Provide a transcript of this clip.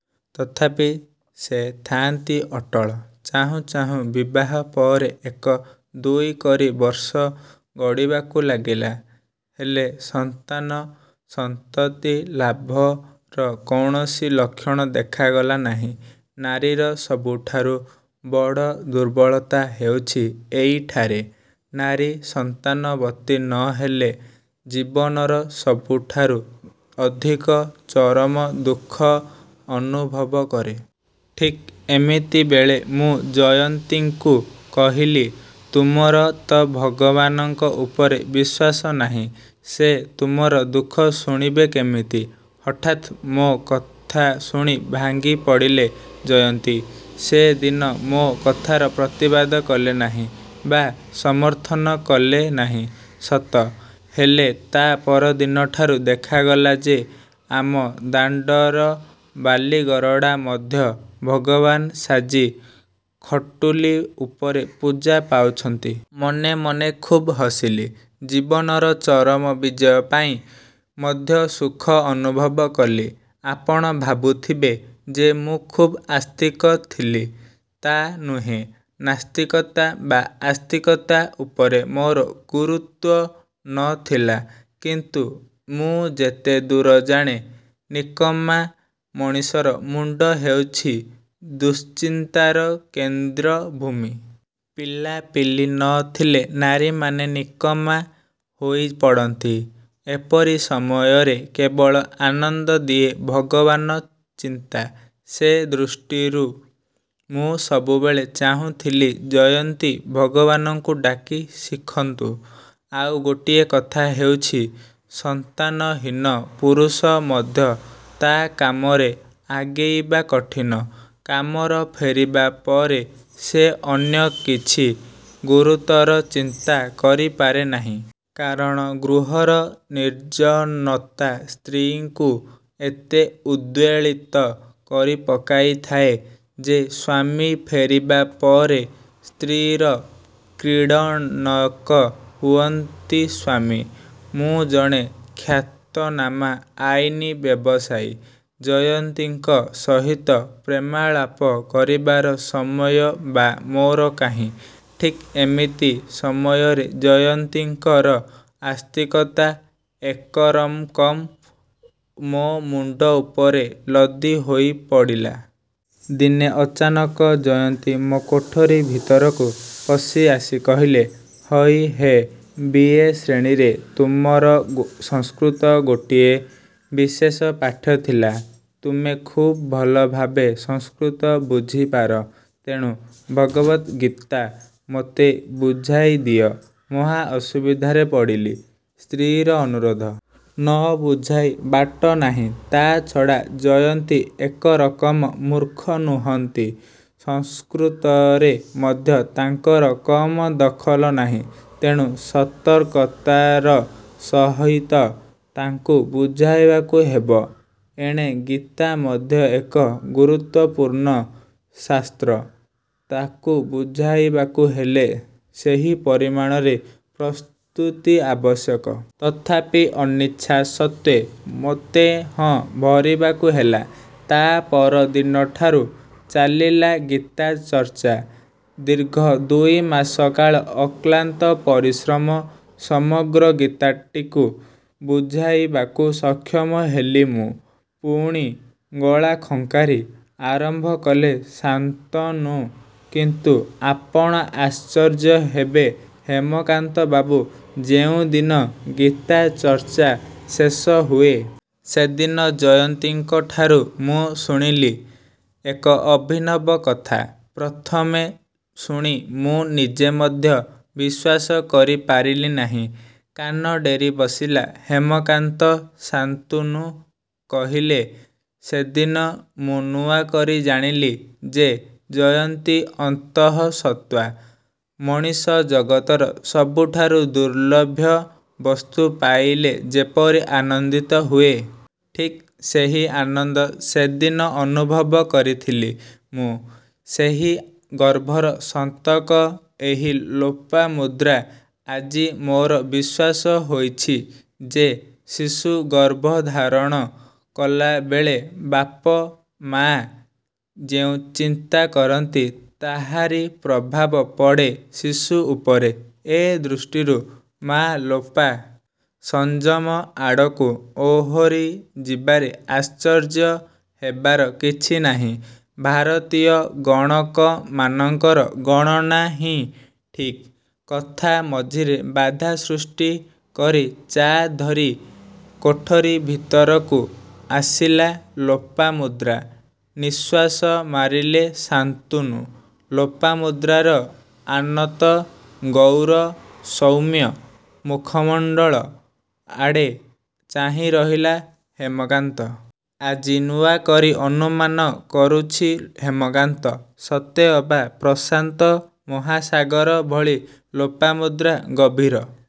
ତଥାପି ସେ ଥାଆନ୍ତି ଅଟଳ। ଚାହୁଁ ଚାହୁଁ ବିବାହ ପରେ ଏକ ଦୁଇ କରି ବର୍ଷ ଗଡ଼ିବାକୁ ଲାଗିଲା। ହେଲେ ସନ୍ତାନ ସନ୍ତତି ଲାଭର କୌଣସି ଲକ୍ଷଣ ଦେଖାଗଲା ନାହିଁ। ନାରୀର ସବୁଠାରୁ ବଡ଼ ଦୁର୍ବଳତା ହେଉଛି ଏଇଠାରେ। ନାରୀ ସନ୍ତାନବତୀ ନ ହେଲେ ଜୀବନର ସବୁଠାରୁ ଅଧିକ ଚରମ ଦୁଃଖ ଅନୁଭବ କରେ। ଠିକ୍ ଏମିତି ବେଳେ ମୁଁ ଜୟନ୍ତୀଙ୍କୁ କହିଲି ତୁମର ତ' ଭଗବାନଙ୍କ ଉପରେ ବିଶ୍ୱାସ ନାହିଁ.. ସେ ତୁମର ଦୁଃଖ ଶୁଣିବେ କେମିତି? ହଠାତ୍ ମୋ କଥା ଶୁଣି ଭାଙ୍ଗି ପଡ଼ିଲେ ଜୟନ୍ତୀ। ସେ ଦିନ ମୋ କଥାର ପ୍ରତିବାଦ କଲେ ନାହିଁ ବା ସମର୍ଥନ କଲେ ନାହିଁ ସତ, ହେଲେ ତା' ପର ଦିନଠାରୁ ଦେଖାଗଲା ଯେ ଆମ ଦାଣ୍ଡର ବାଲିଗରଡ଼ା ମଧ୍ୟ ଭଗବାନ୍ ସାଜି ଖଟୁଲି ଉପରେ ପୂଜା ପାଉଛନ୍ତି। ମନେ ମନେ ଖୁବ୍ ହସିଲି। ଜୀବନର ଚରମ ବିଜୟ ପାଇଁ ମଧ୍ୟ ସୁଖ ଅନୁଭବ କଲି। ଆପଣ ଭାବୁଥିବେ ଯେ ମୁଁ ଖୁବ୍ ଆସ୍ତିକ ଥିଲି, ତା' ନୁହେଁ। ନାସ୍ତିକତା ବା ଆସ୍ତିକତା ଉପରେ ମୋର ଗୁରୁତ୍ୱ ନ ଥିଲା। କିନ୍ତୁ ମୁଁ ଯେତେ ଦୂର ଜାଣେ ନିକମା ମଣିଷର ମୁଣ୍ଡ ହେଉଛି ଦୁଶ୍ଚିନ୍ତାର କେନ୍ଦ୍ରଭୂମି। ପିଲାପିଲି ନ ଥିଲେ ନାରୀମାନେ ନିକମା ହୋଇ ପଡ଼ନ୍ତି। ଏପରି ସମୟରେ କେବଳ ଆନନ୍ଦ ଦିଏ ଭାଗବାନ ଚିନ୍ତା, ସେ ଦୃଷ୍ଟିରୁ ମୁଁ ସବୁବେଳେ ଚାହୁଁଥିଲି-ଜୟନ୍ତି ଭଗବାନଙ୍କୁ ଡାକି ଶିଖନ୍ତୁ। ଆଉ ଗୋଟିଏ କଥା ହେଉଛି-ସନ୍ତାନହୀନ ପୁରୁଷ ମଧ୍ୟ ତା' କାମରେ ଆଗେଇବା କଠିନ। କାମର ଫେରିବା ପରେ ସେ ଅନ୍ୟ କିଛି ଗୁରୁତର ଚିନ୍ତା କରିପାରେ ନାହିଁ। କାରଣ-ଗୃହର ନିର୍ଜନତା ସ୍ତ୍ରୀଙ୍କୁ ଏତେ ଉଦ୍ବେଳିତ କରି ପକାଇଥାଏ ଯେ-ସ୍ୱାମୀ ଫେରିବା ପରେ ସ୍ତ୍ରୀର କ୍ରୀଡ଼ନକ ହୁଅନ୍ତି ସ୍ୱାମୀ। ମୁଁ ଜଣେ ଖ୍ୟାତନାମା ଆଇନ୍ ବ୍ୟବସାୟୀ। ଜୟନ୍ତୀଙ୍କ ସହିତ ପ୍ରେମାଳାପ କରିବାର ସମୟ ବା ମୋର କାହିଁ। ଠିକ୍ ଏମିତି ସମୟରେ ଜୟନ୍ତୀଙ୍କର ଅସ୍ତିକତା ଏକରକମ୍ ମୋ ମୁଣ୍ଡ ଉପରେ ଲଦି ହୋଇ ପଡ଼ିଲା। ଦିନେ ଅଚାନକ ଜୟନ୍ତୀ ମୋ କୋଠରୀ ଭିତରକୁ ପଶି ଆସି କହିଲେ-ହଇ ହେ.. ବି.. ଏ.. ଶ୍ରେଣୀରେ ତୁମର ସଂସ୍କୃତ ଗୋଟିଏ ବିଶେଷ ପାଠ୍ୟ ଥିଲା। ତୁମେ ଖୁବ୍ ଭଲଭାବେ ସଂସ୍କୃତ ବୁଝିପାର। ତେଣୁ ଭଗବତ୍ଗୀତା ମୋତେ ବୁଝାଇ ଦିଅ। ମହା ଅସୁବିଧାରେ ପଡ଼ିଲି। ସ୍ତ୍ରୀର ଅନୁରୋଧ। ନ ବୁଝାଇ ବାଟ ନାହିଁ। ତା'ଛଡ଼ା ଜୟନ୍ତୀ ଏକରକମ ମୂର୍ଖ ନୁହନ୍ତି। ସଂସ୍କୃତରେ ମଧ୍ୟ ତାଙ୍କର କମ୍ ଦଖଲ ନାହିଁ। ତେଣୁ ସତର୍କତାର ସହିତ ତାଙ୍କୁ ବୁଝାଇବାକୁ ହେବ। ଏଣେ ଗୀତା ମଧ୍ୟ ଏକ ଗୁରୁତ୍ୱପୂର୍ଣ୍ଣ ଶାସ୍ତ୍ର। ତାକୁ ବୁଝାଇବାକୁ ହେଲେ ସେହି ପରିମାଣରେ ପ୍ରସ୍ତୁତି ଆବଶ୍ୟକ। ତଥାପି ଅନିଚ୍ଛା ସତ୍ୱେ ମୋତେ ହଁ ଭରିବାକୁ ହେଲା। ତା' ପର ଦିନଠାରୁ ଚାଲିଲା ଗୀତା ଚର୍ଚ୍ଚା। ଦୀର୍ଘ ଦୁଇ ମାସ କାଳ ଅକ୍ଲାନ୍ତ ପରିଶ୍ରମ ସମଗ୍ର ଗୀତାଟିକୁ ବୁଝାଇବାକୁ ସକ୍ଷମ ହେଲି ମୁଁ। ପୁଣି ଗଳା ଖଙ୍କାରି ଆରମ୍ଭ କଲେ ଶାନ୍ତନୁ କିନ୍ତୁ ଆପଣ ଆଶ୍ଚର୍ଯ୍ୟ ହେବେ ହେମକାନ୍ତ ବାବୁ, ଯେଉଁଦିନ ଗୀତା ଚର୍ଚ୍ଚା ଶେଷ ହୁଏ ସେଦିନ ଜୟନ୍ତୀଙ୍କଠାରୁ ମୁଁ ଶୁଣିଲି ଏକ ଅଭିନବ କଥା-। ପ୍ରଥମେ ଶୁଣି ମୁଁ ନିଜେ ମଧ୍ୟ ବିଶ୍ୱାସ କରି ପାରିଲି ନାହିଁ। କାନ ଡେରି ବସିଲା ହେମକାନ୍ତ ଶାନ୍ତୁନୁ କହିଲେ-ସେଦିନ ମୁଁ ନୂଆ କରି ଜାଣିଲି ଯେ ଜୟନ୍ତୀ ଅନ୍ତଃସତ୍ୱା। ମଣିଷ ଜଗତର ସବୁଠାରୁ ଦୁର୍ଲଭ୍ୟ ବସ୍ତୁ ପାଇଲେ ଯେପରି ଆନନ୍ଦିତ ହୁଏ ଠିକ୍ ସେହି ଆନନ୍ଦ ସେଦିନ ଅନୁଭବ କରିଥିଲି ମୁଁ। ସେହି ଗର୍ଭର ସନ୍ତକ ଏହି ଲୋପାମୁଦ୍ରା। ଆଜି ମୋର ବିଶ୍ୱାସ ହୋଇଛି ଯେ ଶିଶୁ ଗର୍ଭଧାରଣ କଲାବେଳେ ବାପ ମାଆ ଯେଉଁ ଚିନ୍ତା କରନ୍ତି-ତାହାରି ପ୍ରଭାବ ପଡ଼େ ଶିଶୁ ଉପରେ ଏ ଦୃଷ୍ଟିରୁ ମାଆ ଲୋପା ସଂଯମ ଆଡ଼କୁ ଓହୋରି ଯିବାରେ ଆଶ୍ଚର୍ଯ୍ୟ ହେବାର କିଛି ନାହିଁ। ଭାରତୀୟ ଗଣକମାନଙ୍କର ଗଣନା ହିଁ ଠିକ୍। କଥା ମଝିରେ ବାଧା ସୃଷ୍ଟି କରି ଚା' ଧରି କୋଠରୀ ଭିତରକୁ ଆସିଲା ଲୋପାମୁଦ୍ରା। ନିଃଶ୍ୱାସ ମାରିଲେ ଶାନ୍ତୁନୁ। ଲୋପାମୁଦ୍ରାର ଆନତ, ଗୌର, ସୌମ୍ୟ ମୁଖମଣ୍ଡଳ ଆଡ଼େ ଚାହିଁରହିଲା ହେମକାନ୍ତ। ଆଜି ନୂଆ କରି ଅନୁମାନ କରୁଛି ହେମକାନ୍ତ। ସତେ ଅବା ପ୍ରଶାନ୍ତ ମହାସାଗର ଭଳି ଲୋପାମୁଦ୍ରା ଗଭୀର।